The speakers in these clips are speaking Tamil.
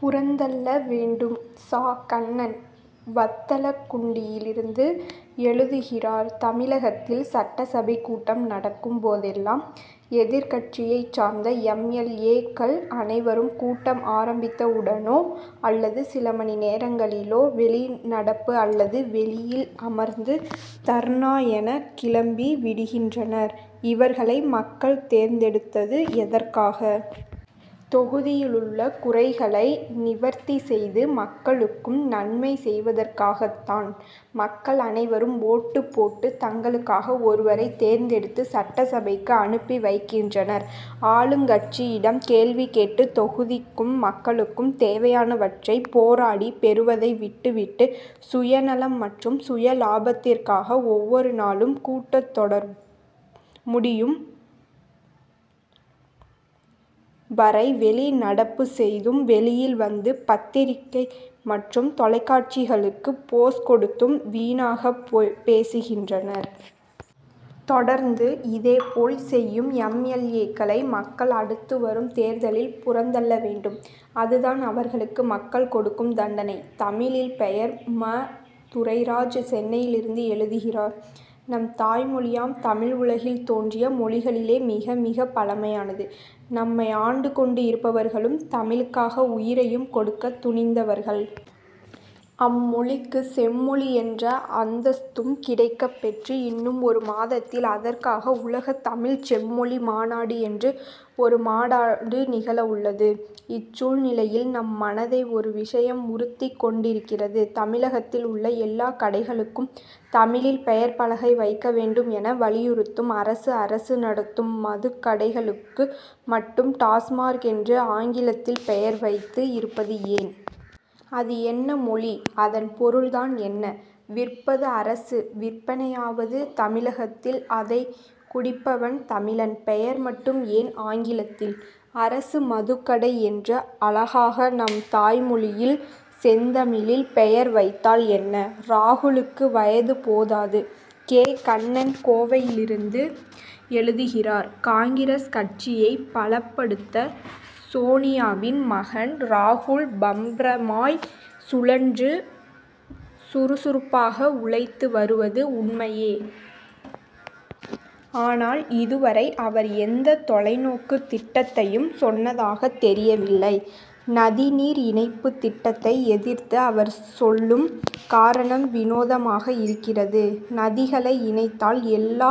புறந்தள்ள வேண்டும்! ச. கண்ணன் வத்தலக்குண்டிலிருந்து எழுதுகிறார் தமிழகத்தில் சட்டசபை கூட்டம் நடக்கும் போதெல்லாம் எதிர்க்கட்சியைச் சார்ந்த எம். எல். ஏ.க்கள் அனைவரும் கூட்டம் ஆரம்பித்தவுடனோ அல்லது சில மணி நேரங்களிலோ வெளிநடப்பு அல்லது வெளியில் அமர்ந்து தர்ணா என கிளம்பி விடுகின்றனர். இவர்களை மக்கள் தேர்ந்தெடுத்தது எதற்காக? தொகுதியிலுள்ள குறைகளை நிவர்த்தி செய்து மக்களுக்கும் நன்மை செய்வதற்காகத் தான். மக்கள் அனைவரும் ஓட்டுப் போட்டு தங்களுக்காக ஒருவரை தேர்ந்தெடுத்து சட்டசபைக்கு அனுப்பி வைக்கின்றனர். ஆளுங்கட்சியிடம் கேள்வி கேட்டு தொகுதிக்கும் மக்களுக்கும் தேவையானவற்றை போராடி பெறுவதை விட்டு விட்டு சுயநலம் மற்றும் சுயலாபத்திற்காக ஒவ்வொரு நாளும் கூட்டத்தொடர் முடியும் வரை வெளி நடப்பு செய்தும் வெளியில் வந்து பத்திரிகை மற்றும் தொலைக்காட்சிகளுக்கு போஸ் கொடுத்தும் வீணாகப் பேசுகின்றனர். தொடர்ந்து இதேபோல் செய்யும் எம். எல். ஏ.,க்களை மக்கள், அடுத்து வரும் தேர்தலில் புறந்தள்ள வேண்டும். அதுதான் அவர்களுக்கு மக்கள் கொடுக்கும் தண்டனை. தமிழில் பெயர்:ம. துரைராஜ் சென்னையிலிருந்து எழுதுகிறார்: நம் தாய்மொழியாம் தமிழ் உலகில் தோன்றிய மொழிகளிலேயே மிகமிகப் பழமையானது. நம்மை ஆண்டு கொண்டு இருப்பவர்களும் தமிழுக்காக உயிரையும் கொடுக்கத் துணிந்தவர்கள். அம்மொழிக்கு செம்மொழி என்ற அந்தஸ்தும் கிடைக்கப் பெற்று இன்னும் ஒரு மாதத்தில் அதற்காக உலகத் தமிழ் செம்மொழி மாநாடு என்று ஒரு மாநாடு நிகழவுள்ளது. இச்சூழ்நிலையில் நம் மனதை ஒரு விஷயம் உறுத்திக் கொண்டிருக்கிறது. தமிழகத்தில் உள்ள எல்லாக் கடைகளுக்கும் தமிழில் பெயர் பலகை வைக்க வேண்டும் என வலியுறுத்தும் அரசு அரசு நடத்தும் மதுக்கடைகளுக்கு மட்டும் டாஸ்மாக் என்று ஆங்கிலத்தில் பெயர் வைத்து இருப்பது ஏன்? அது என்ன மொழி, அதன் பொருள் தான் என்ன? விற்பது அரசு, விற்பனையாவது தமிழகத்தில்; அதைக் குடிப்பவன் தமிழன். பெயர் மட்டும் ஏன் ஆங்கிலத்தில்? அரசு மதுக்கடை என்று அழகாக நம் தாய்மொழியில் செந்தமிழில் பெயர் வைத்தால் என்ன? ராகுலுக்கு வயது போதாது! கே. கண்ணன் கோவையிலிருந்து எழுதுகிறார் காங்கிரஸ் கட்சியைப் பலப்படுத்த சோனியாவின் மகன் ராகுல் பம்பரமாய் சுழன்று சுறுசுறுப்பாக உழைத்து வருவது உண்மையே! ஆனால் இதுவரை அவர் எந்த தொலைநோக்குத் திட்டத்தையும் சொன்னதாகத் தெரியவில்லை. நதிநீர் இணைப்புத் திட்டத்தை எதிர்த்து அவர் சொல்லும் காரணம் வினோதமாக இருக்கிறது. நதிகளை இணைத்தால் எல்லா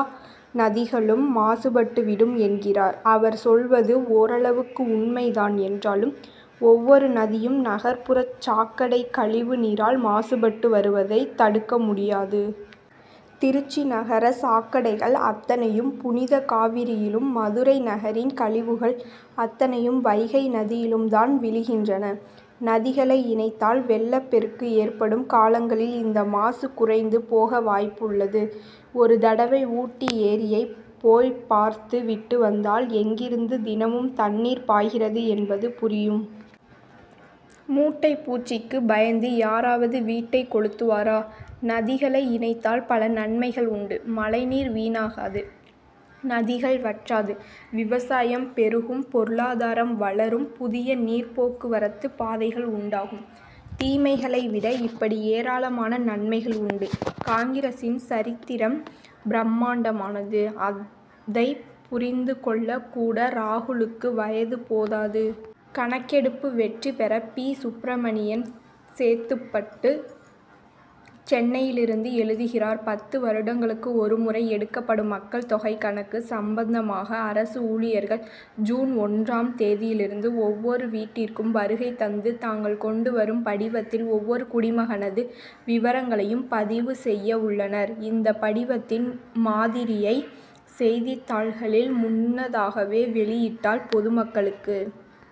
நதிகளும் மாசுபட்டுவிடும் என்கிறார். அவர் சொல்வது ஓரளவுக்கு உண்மை தான் என்றாலும் ஒவ்வொரு நதியும், நகர்ப்புறச் சாக்கடை கழிவு நீரால் மாசுபட்டு வருவதைத் தடுக்க முடியாது. திருச்சி நகர சாக்கடைகள் அத்தனையும் புனித காவிரியிலும் மதுரை நகரின் கழிவுகள் அத்தனையும் வைகை நதியிலும் தான் விழுகின்றன. நதிகளை இணைத்தால் வெள்ளப்பெருக்கு ஏற்படும் காலங்களில் இந்த மாசு குறைந்து போக வாய்ப்பு உள்ளது. ஒரு தடவை ஊட்டி ஏரியை போய்ப் பார்த்து விட்டு வந்தால் எங்கிருந்து தினமும் தண்ணீர் பாய்கிறது என்பது புரியும். மூட்டைப் பூச்சிக்கு பயந்து யாராவது வீட்டைக் கொளுத்துவரா? நதிகளை இணைத்தால் பல நன்மைகள் உண்டு. மழைநீர் வீணாகாது நதிகள் வற்றாது. விவசாயம் பெருகும் பொருளாதாரம் வளரும் புதிய நீர்ப்போக்குவரத்து பாதைகள் உண்டாகும். தீமைகளை விட இப்படி ஏராளமான நன்மைகள் உண்டு. காங்கிரசின் சரித்திரம் பிரமாண்டமானது. அதைப் புரிந்து கொள்ள கூட ராகுலுக்கு வயது போதாது. கணக்கெடுப்பு வெற்றி பெற பி. சுப்ரமணியன் சேத்துப்பட்டு சென்னையிலிருந்து எழுதுகிறார் பத்து வருடங்களுக்கு ஒருமுறை எடுக்கப்படும் மக்கள் தொகை கணக்கு சம்பந்தமாக அரசு ஊழியர்கள் ஜூன் ஒன்றாம் தேதியிலிருந்து ஒவ்வொரு வீட்டிற்கும் வருகை தந்து தாங்கள் கொண்டு வரும் படிவத்தில் ஒவ்வொரு குடிமகனது விவரங்களையும் பதிவு செய்ய உள்ளனர். இந்த படிவத்தின் மாதிரியை செய்தித்தாள்களில் முன்னதாகவே வெளியிட்டால் பொதுமக்களுக்கு